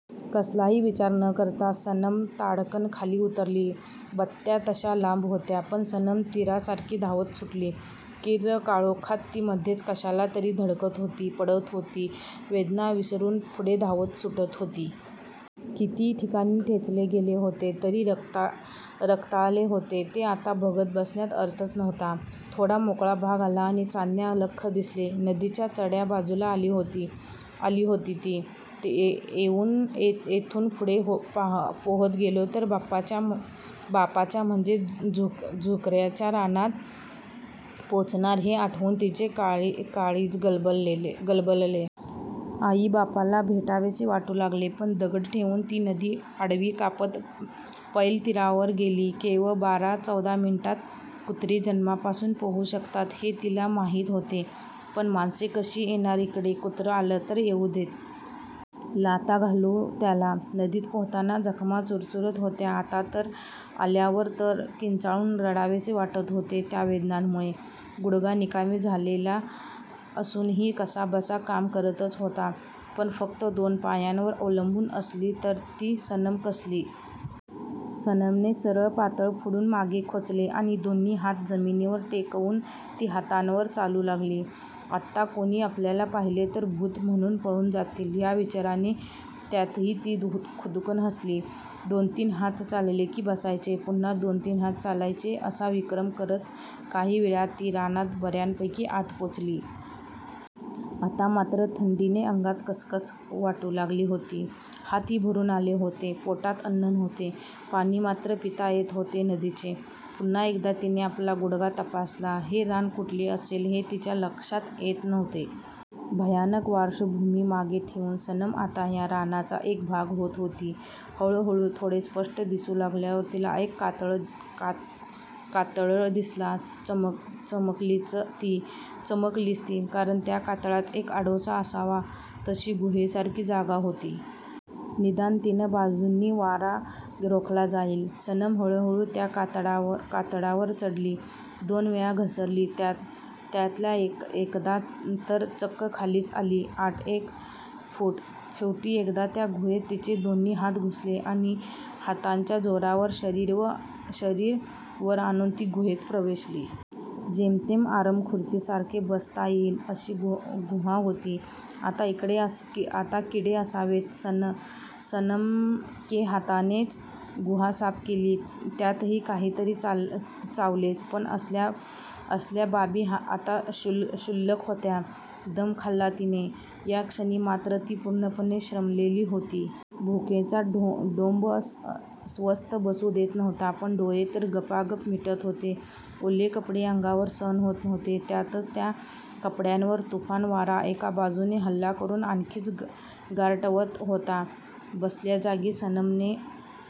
कसलाही विचार न करता सनम ताडकन खाली उतरली. बत्त्या तश्या लांब होत्या. पण सनम तीरासारखी धावत सुटली. किर्र काळोखात ती मधेच कशाला तरी धडकत होती, पडत होती, वेदना विसरून पुढे धावत सुटत होती. किती ठिकाणी ठेचले गेले होते आणि रक्ताळले होते ते आत्ता बघत बसण्यात अर्थच नव्हता. थोडा मोकळा भाग आला आणि चांदण्यात लख्ख दिसले. नदीच्या चढ्या बाजूला आली होती ती. येथून पुढे पोहत गेलो तर बापाच्या म्हणजे झुर्क्याच्या रानात आपण पोचणार हे आठवून तिचे काळीज गलबलले. आई बापाला भेटावेसे वाटू लागले. पण दगड ठेवून ती नदी आडवी कापत पैलतीरावर गेली. केवळ बारा चौदा मिनिटांत! कुत्री जन्मापासून पोहू शकतात हे तिला माहीत होते. पण माणसे कशी येणार इकडे? कुत्रं आलं तर येऊदेत! लाथा घालू त्याला. नदीत पोहताना जखमा चुरचुरत होत्या. आता वर आल्यावर तर किंचाळून रडावेसे वाटत होते त्या वेदनांमुळे! गुडघा निकामी झालेला असूनही कसाबसा काम करतच होता. पण फक्त दोन पायांवर अवलंबून असली तर ती सनम कसली? सनमने सरळ पातळ पुढून मागे खोचले आणि दोन्ही हात जमीनीवर टेकवून ती हातांवर चालू लागली. आत्ता कोणी आपल्याला पाहिले तर भूत म्हणून पळून जातील या विचाराने त्यातही ती खुदकन हासली. दोन तीन हात चालले की बसायचे, पुन्हा दोन तीन हात चालायचे असा विक्रम करत काही वेळात ती रानात बर्यापैकी आत पोचली. आता मात्र थंडीने अंगात कसकस वाटू लागली होती. हातही भरून आलेले होते. पोटात अन्न नव्हते. पाणी मात्र पिता येत होते नदीचे. पुन्हा एकदा तिने आपला गुडघा तपासला. हे रान कुठले असेल हे तिच्या लक्षात येत नव्हते. भयानक पार्श्वभूमी मागे ठेवून सनम आता या रानाचा एक भाग होत होती. हळूहळू थोडे स्पष्ट दिसू लागल्यावर तिला एक कातळ दिसला. चमकलीच ती! कारण त्या कातळात एक आडोसा असावा तशी गुहेसारखी जागा होती. निदान तीन बाजूंनी वारा रोखला जाईल. सनम हळूहळू त्या कातळावर चढली. दोन वेळा घसरली. त्यातल्या एकदा तर चक्क खालीच आली आठ एक फूट! शेवटी एकदा त्या गुहेत तिचे दोन्ही हात घुसले आणि हातांच्या जोरावर शरीर वर आणून ती गुहेत प्रवेशली. जेमतेम आरामखुर्चीसारखे बसता येईल अशी गुहा होती. आत किडे असावेत. सनमके हातानेच गुहा साफ केली. त्यातही काहीतरी चावलेच. पण असल्या बाबी आता क्षुल्लक होत्या. दम खाल्ला तिने! या क्षणी मात्र ती पूर्णपणे श्रमलेली होती. भूकेचा डोंब स्वस्थ बसू देत नव्हता. पण डोळे तर गपागप मिटत होते. ओले कपडे अंगावर सहन होत नव्हते. त्यातच त्या कपड्यांवर तुफान वारा एका बाजूने हल्ला करून आणखीनच गारठवत होता. बसल्या जागी सनमने